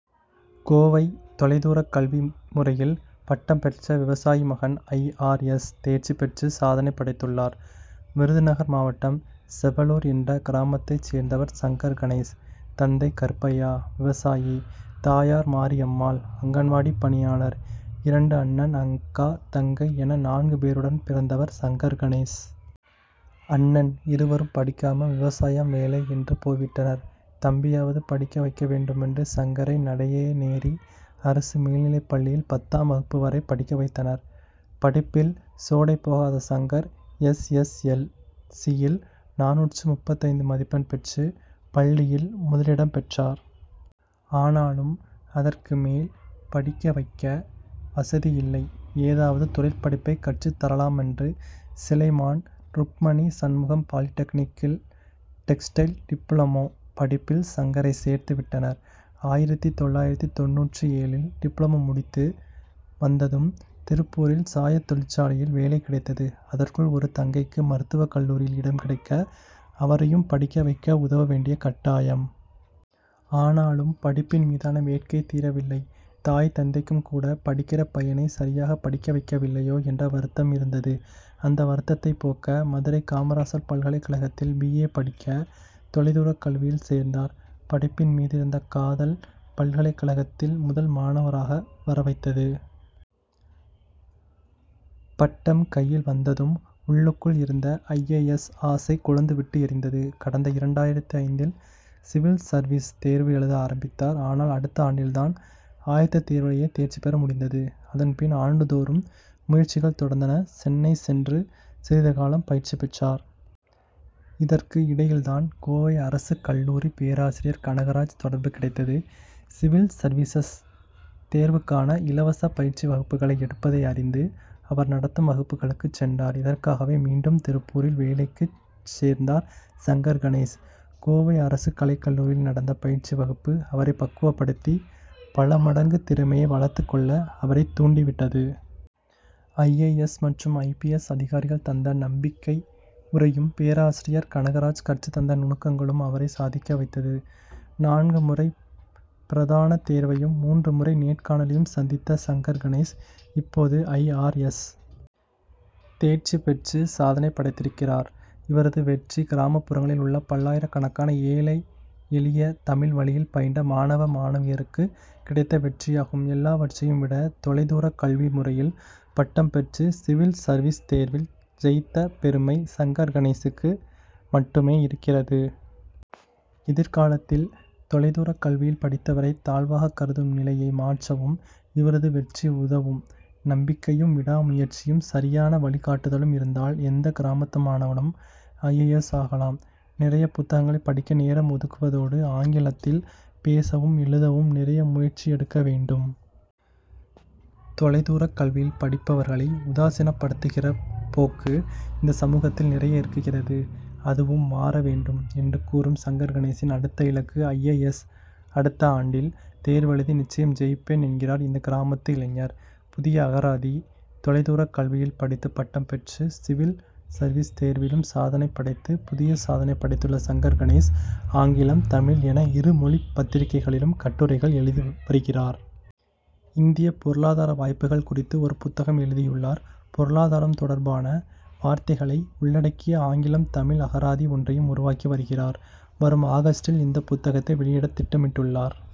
கோவை தொலை தூரக் கல்வி முறையில் பட்டம் பெற்ற விவசாயி மகன், ஐ. ஆர். எஸ்., தேர்ச்சி பெற்று சாதனை படைத்துள்ளார். விருதுநகர் மாவட்டம் செவலூர் என்ற கிராமத்தைச் சேர்ந்தவர் சங்கர் கணேஷ். தந்தை கருப்பையா, விவசாயி; தாயார் மாரியம்மாள், அங்கன்வாடிப் பணியாளர். இரண்டு அண்ணன், அக்கா, தங்கை என நான்கு பேருடன் பிறந்தவர் சங்கர் கணேஷ். அண்ணன் இருவரும் படிக்காமல், விவசாயம், வேலை என்று போய் விட்டனர். தம்பியையாவது படிக்க வைக்க வேண்டுமென்று, சங்கரை நடையநேரி அரசு மேல்நிலைப்பள்ளியில் பத்தாம் வகுப்பு வரை படிக்க வைத்தனர். படிப்பில் சோடை போகாத சங்கர், எஸ். எஸ். எல். சி.,யில் நானூற்று முப்பத்தைந்து மதிப்பெண் பெற்று, பள்ளியில் முதலிடம் பெற்றார். ஆனாலும், அதற்கு மேல் படிக்க வைக்க வசதியில்லை. ஏதாவது, தொழிற்படிப்பைக் கற்றுத்தரலாமென்று, சிலைமான் ருக்மணி சண்முகம் பாலிடெக்னிக்கில் டெக்ஸ்டைல் டிப்ளமோ படிப்பில் சங்கரை சேர்த்து விட்டனர். ஆயிரத்து தொள்ளாயிரத்து தொண்ணூற்று ஏழில் டிப்ளமோ முடித்து வந்ததும், திருப்பூரில் சாயத் தொழிற்சாலையில் வேலை கிடைத்தது. அதற்குள் ஒரு தங்கைக்கு மருத்துவக்கல்லூரியில் இடம் கிடைக்க, அவரையும் படிக்க வைக்க உதவ வேண்டிய கட்டாயம். ஆனாலும், படிப்பின் மீதான வேட்கை தீரவில்லை. தாய், தந்தைக்கும் கூட, "படிக்கிற பையனை சரியாகப் படிக்க வைக்கவில்லையோ என்ற வருத்தம் இருந்தது. அந்த வருத்தத்தைப் போக்க, மதுரை காமராசர் பல்கலைக்கழகத்தில் பி. ஏ. படிக்க, தொலைதூரக் கல்வியில் சேர்ந்தார். படிப்பின் மீதிருந்த காதல், பல்கலைக்கழகத்தில் முதல் மாணவராக வரவைத்தது. பட்டம் கையில் வந்ததும், உள்ளுக்குள் இருந்த ஐ. ஏ. எஸ்., ஆசை கொழுந்து விட்டு எரிந்தது. கடந்த இரண்டாயிரத்து ஐந்தில் சிவில் சர்வீஸ் தேர்வு எழுத ஆரம்பித்தார். ஆனால், அடுத்த ஆண்டில்தான் ஆயத்தத்தேர்விலேயே தேர்ச்சி பெற முடிந்தது. அதன் பின், ஆண்டுதோறும் முயற்சிகள் தொடர்ந்தன. சென்னை சென்று சிறிது காலம் பயிற்சி பெற்றார். இதற்கு இடையில்தான், கோவை அரசு கல்லூரி பேராசிரியர் கனகராஜ் தொடர்பு கிடைத்தது. சிவில் சர்வீஸ் தேர்வுக்கான இலவச பயிற்சி வகுப்புகளை எடுப்பதை அறிந்து, அவர் நடத்தும் வகுப்புகளுக்குச் சென்றார். இதற்காகவே, மீண்டும் திருப்பூரில் வேலைக்குச் சேர்ந்தார் சங்கர் கணேஷ். கோவை அரசு கலைக்கல்லூரியில் நடந்த பயிற்சி வகுப்பு, அவரை பக்குவப் படுத்தி, பல மடங்கு திறமையை வளர்த்துக் கொள்ள, அவரைத் தூண்டி விட்டது. ஐ. ஏ. எஸ்., மற்றும் ஐ. பி. எஸ்., அதிகாரிகள் தந்த நம்பிக்கை உரையும், பேராசிரியர் கனகராஜ் கற்றுத் தந்த நுணுக்கங்களும் அவரை சாதிக்க வைத்தது. நான்கு முறை பிரதான தேர்வையும், மூன்று முறை நேர்காணலையும் சந்தித்த சங்கர் கணேஷ், இப்போது ஐ. ஆர். எஸ். தேர்ச்சி பெற்று சாதனை படைத்திருக்கிறார். இவரது வெற்றி, கிராமப் புறங்களில் உள்ள பல்லாயிரக்கணக்கான ஏழை எளிய, தமிழ் வழியில் பயின்ற மாணவ, மாணவியருக்குக் கிடைத்த வெற்றியாகும். எல்லாவற்றையும் விட, தொலை தூரக் கல்வி முறையில் பட்டம் பெற்று, சிவில் சர்வீஸ் தேர்வில் ஜெயித்த பெருமை, சங்கர் கணேஷ்க்கு மட்டுமே இருக்கிறது. எதிர்காலத்தில் தொலைதூரக் கல்வியில் படித்தவரை, தாழ்வாகக் கருதும் நிலையை மாற்றவும் இவரது வெற்றி உதவும். நம்பிக்கையும், விடாமுயற்சியும், சரியான வழி காட்டுதலும் இருந்தால், எந்த கிராமத்து மாணவனும் ஐ. ஏ. எஸ். ஆகலாம். நிறைய புத்தகங்களைப் படிக்க நேரம் ஒதுக்குவதோடு, ஆங்கிலத்தில் பேசவும், எழுதவும் நிறைய முயற்சி எடுக்க வேண்டும். தொலை தூரக்கல்வியில் படிப்பவர்களை, உதாசினப்படுத்துகிற போக்கு, இந்த சமூகத்தில் நிறைய இருக்கிறது. அதுவும் மாற வேண்டும், என்று கூறும் சங்கர் கணேஷின் அடுத்த இலக்கு ஐ. ஏ. எஸ். அடுத்த ஆண்டில் தேர்வெழுதி, நிச்சயம் ஜெயிப்பேன் என்கிறார் இந்த கிராமத்து இளைஞர். புதிய அகராதி! தொலைதூரக் கல்வியில் படித்து பட்டம் பெற்று, சிவில் சர்வீஸ் தேர்விலும் சாதனை படைத்து, புதிய சாதனை படைத்துள்ள சங்கர் கணேஷ், ஆங்கிலம், தமிழ் என இரு மொழிப் பத்திரிக்கைகளிலும் கட்டுரைகள் எழுதி வருகிறார். இந்திய பொருளாதார வாய்ப்புகள் குறித்து ஒரு புத்தகம் எழுதியுள்ளார். பொருளாதாரம் தொடர்பான வார்த்தைகளை உள்ளடக்கிய ஆங்கிலம் தமிழ் அகராதி ஒன்றையும் உருவாக்கி வருகிறார். வரும் ஆகஸ்ட்டில் இந்த புத்தகத்தை வெளியிட திட்டமிட்டுள்ளார்.